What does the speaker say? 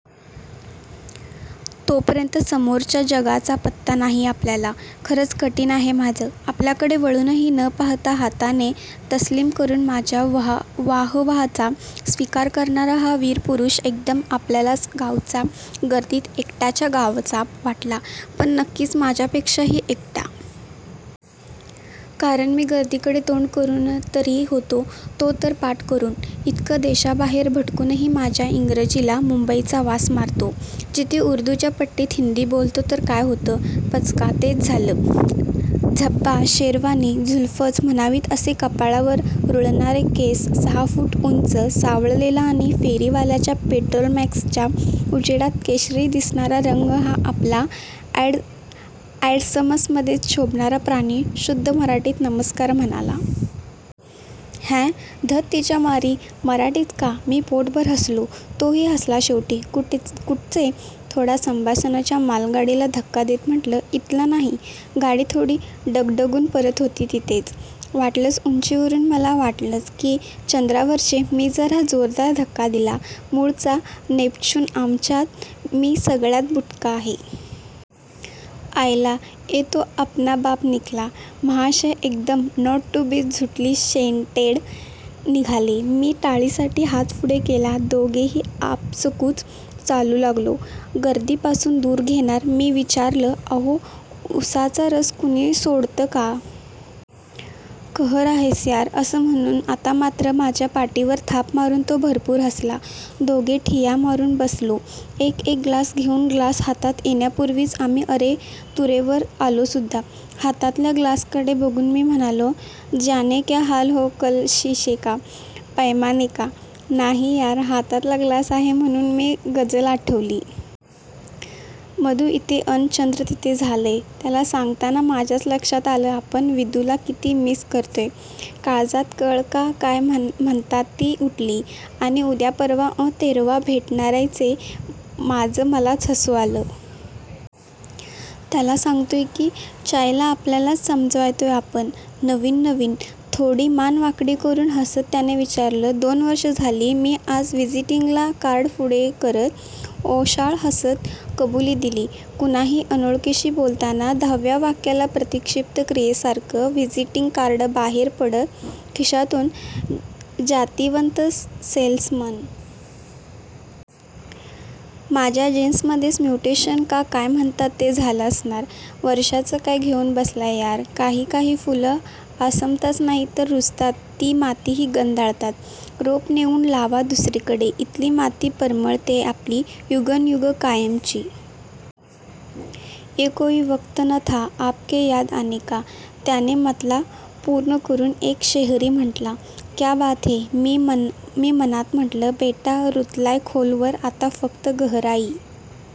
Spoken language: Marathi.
तोपर्यंत समोरच्या जगाचा पत्ता नाही आपल्याला. खरच कठीण आहे माझं. माझ्याकडे वळुनही न पहाता हाताने तस्लीम करून माझ्या वाहवाचा स्वीकार करणारा हा वीर पुरुष एकदम आपल्याच गावचा, 'गर्दीत एकटाच्या गावचा' वाटला. पण नक्कीच माझ्यापेक्षाही एकटा. कारण मी गर्दीकडे तोंड करूनतरी होतो, तो तर पाठ करून. इतकं देशाबाहेर भटकूनही माझ्या इंग्रजीला मुंबईचा वास मारतो तिथे उर्दूच्या पट्टीत हिंदी बोललो तर काय होतं? पचका! तेच झालं. झब्बा, शेरवानी, जुल्फंच म्हणावीत असे कपाळावर रुळणारे केस, सहा फूट उंच, सावळलेला आणि फेरीवाल्याच्या पेट्रोमॅक्सच्या उजेडात केशरी दिसणारा रंग हा आपला अॅड्समध्येच शोभणारा प्राणी शुद्ध मराठीत, 'नमस्कार,' म्हणाला. "हॅ! धत तिच्या मारी, मराठीच का!! " मी पोटभर हसलो. तो ही हसलाच शेवटी. "कुठचे? " थोडा संभाषणाच्या मालगाडीला धक्का देत म्हटलं. "इथला नाही. " गाडी थोडी डगडगून परत होती तिथेच. "वाटलंच! उंची वरून मला वाटलंच, की चंद्रावरचे " मी जरा जोरदार धक्का दिला "मुळचा नेपच्यून, आमच्यात मी सगळ्यात बुटका आहे. " आयला ये तो अपना बाप निकला. महाशय एकदम 'नॉट टू बी झुटली शंटेड' निघाले. मी टाळीसाठी हात पुढे केला. दोघेही आपसूकच चालू लागलो, गर्दी पासून दूर. "घेणार? " मी विचारलं. "अहो, उसाचा रस कुणी सोडतं का? " "कहर आहेस, यार" अस म्हणून आता मात्रं माझ्या पाठीवर थाप मारून तो भरपूर हसला. दोघे ठिय्या मारून बसलो एक एक ग्लास घेऊन. ग्लास हातात येण्यापूर्वीच आम्ही अरे-तुरेवर आलोसुद्धा. हातातल्या ग्लासकडे बघून मी म्हणालो "जाने क्या हाल हो कल शीशेका, पैमानेका, " "नाही यार, हातातला ग्लास आहे म्हणून ती गझल आठवली. मधू इथे अन, चंद्र तिथे झालंय. " त्याला सांगताना माझ्याच लक्षात आलं आपण विदूला किती मिस करतोय. काळजात कळ का काय म्हणतात ती उठली. "आणि उद्या, परवा, अं. तेरवा भेटणारचये". माझं मलाच हसू आलं. त्याला सांगतोय की च्यायला आपल्यालाच समजावतोय आपण? "नवीन नवीन? " थोडी मान वाकडी करून हसत त्याने विचारलं. "दोन वर्ष झाली, " मी माझं व्हिजिटिंग कार्ड पुढे करत, ओशाळं हसंत कबुली दिली. कुणाही अनोळखीशी बोलताना दहाव्या वाक्याला प्रतिक्षिप्त क्रियेसारखं व्हिजिटिंग कार्ड बाहेर पडतं खिशातून जातिवंत सेल्समन! माझ्या जीन्स मध्येच म्युटेशन का काय म्हणतात ते झालं असणार. "वर्षांचं काय घेऊन बसलाय यार, काही काही फुलं आसमंतच नाही तर रुजतात ती मातीही गंधाळतात. रोप नेऊन लावा दुसरीकडे, इथली माती परमळतेय आपली युगंनयुगं कायमची. " ये कोई वक्त न था आपके याद आने का" त्याने मतला पूर्ण करून एक शेरही म्हटला. "क्या बात है" मी मनात म्हटलं. "बेटा रुतलाय खोलवर आता फक्त गहराई--